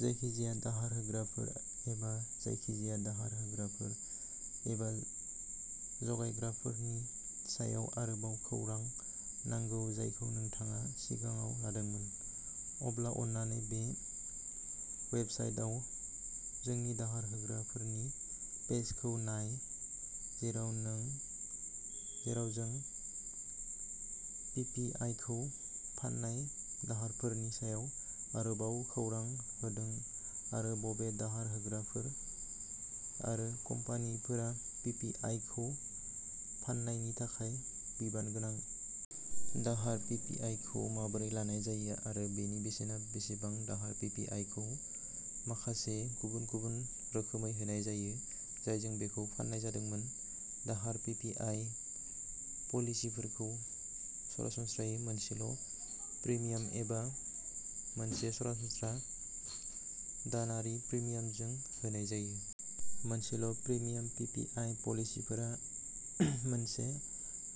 जायखिजाया दाहार होग्राफोर एबा जायखिजाया दाहार होग्राफोर एबा जगायग्राफोरनि सायाव आरोबाव खौरां नांगौ जायखौ नोंथाङा सिगाङाव लादोंमोन, अब्ला अन्नानै बे वेबसाइटआव जोंनि दाहार होग्राफोरनि पेजखौ नाय जेराव जों पि पि आइ खौ फान्नाय दाहारफोरनि सायाव आरोबाव खौरां होदों आरो बबे दाहार होग्राफोर आरो कम्पानिफोरा पि पि आइ खौ फान्नायनि थाखाय बिबान गोनां। दाहार पि पि आइ खौ माबोरै लानाय जायो आरो बेनि बेसेना बेसेबां दाहार पि पि आइ खौ माखासे गुबुन-गुबुन रोखोमै होनाय जायो, जायजों बेखौ फान्नाय जादोंमोन। दाहार पि पि आइ पलिसिफोरखौ सरासनस्रायै मोनसेल' प्रिमियाम एबा मोनसे सरासनस्रा दानारि प्रिमियामजों होनाय जायो। मोनसेल' प्रिमियाम पि पि आइ पलिसिफोरा मोनसे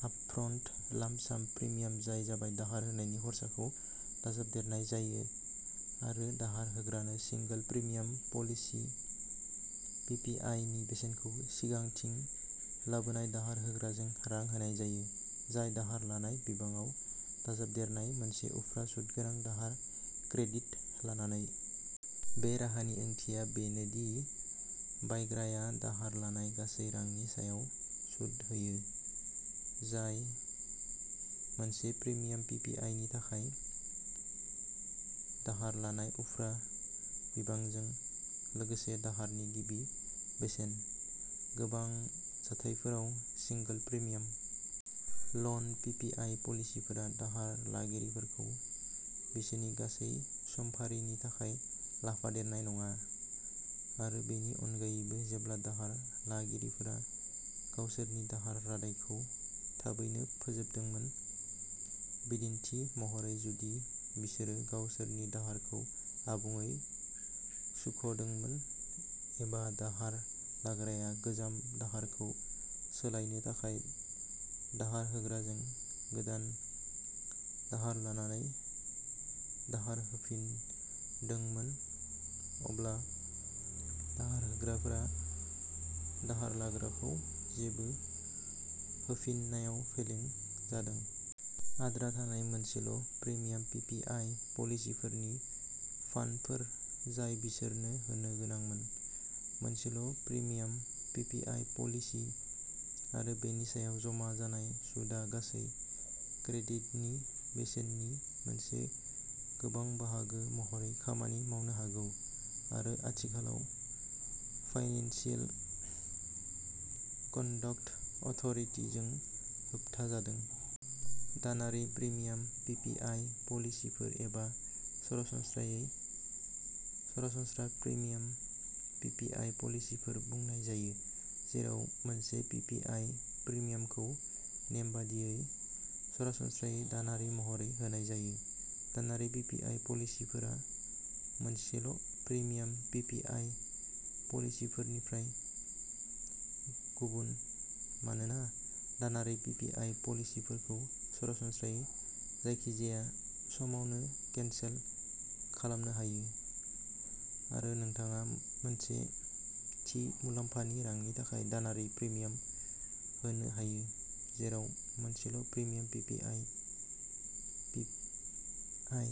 आपफ्रन्ट लाम्प-साम प्रिमियाम जाय जाबाय दाहार होनायनि खरसाखौ दाजाबदेरनाय जायो आरो दाहार होग्रानो single premium policy P P I नि बेसेनखौ सिगांथिं लाबोनाय दाहार होग्राजों रां होनाय जायो, जाय दाहार लानाय बिबाङाव दाजाबदेरनाय मोनसे उफ्रा सुत गोनां दाहार क्रेडिट लानानै। बे राहानि ओंथिया बेनो दि बायग्राया दाहार लानाय गासै रांनि सायाव सुद होयो, जाय मोनसे प्रिमियाम पि पि आइ नि थाखाय दाहार लानाय उफ्रा बिबांजों लोगोसे दाहारनि गिबि बेसेन। गोबां जाथायफोराव single premium loan P P I पलिसिफोरा दाहार लागिरिफोरखौ बिसोरनि गासै समफारिनि थाखाय लाफादेरनाय नङा, आरो बेनि अनगायैबो जेब्ला दाहार लागिरिफोरा गावसोरनि दाहार रादायखौ थाबैनो फोजोबदोंमोन, बिदिन्थि महरै जुदि बिसोरो गावसोरनि दाहारखौ आबुङै सुख'दोंमोन एबा दाहार लाग्राया गोजाम दाहारखौ सोलायनो थाखाय दाहार होग्राजों गोदान दाहार लानानै दाहार होफिन्दोंमोन, अब्ला दाहार होग्राफोरा दाहार लाग्राखौ जेबो होफिन्नायाव फेलें जादों। आद्रा थानाय मोनसेल' प्रिमियाम पि पि आइ पलिसिफोरनि फान्डफोर जाय बिसोरनो होनो गोनांमोन। मोनसेल' premium P P I policy आरो बेनि सायाव जमा जानाय सुदआ गासै क्रेडिटनि बेसेननि मोनसे गोबां बाहागो महरै खामानि मावनो हागौ आरो आथिखालाव फाइनेन्सियेल कन्डक्ट अथ'रिटि जों होबथाजादों। दानारि प्रिमियाम पि पि आइ पलिसिफोर एबा सरासनस्रायै सरासनस्रा प्रिमियाम पि पि आइ पलिसिफोर बुंनाय जायो जेराव मोनसे पि पि आइ प्रिमियामखौ नेमबादियै, सरासनस्रायै दानारि महरै होनाय जायो। दानारि पि पि आइ पलिसिफोरा मोनसेल' प्रिमियाम पि पि आइ पलिसिफोरनिफ्राय गुबुन मानोना दानारि पि पि आइ पलिसिफोरखौ सरासनस्रायै जायखिजाया समावनो केनसेल खालामनो हायो, आरो नोंथाङा मोनसे थि मुलाम्फानि रांनि थाखाय दानारि प्रिमियाम होनो हायो। जेराव मोनसेल' premium P P I P I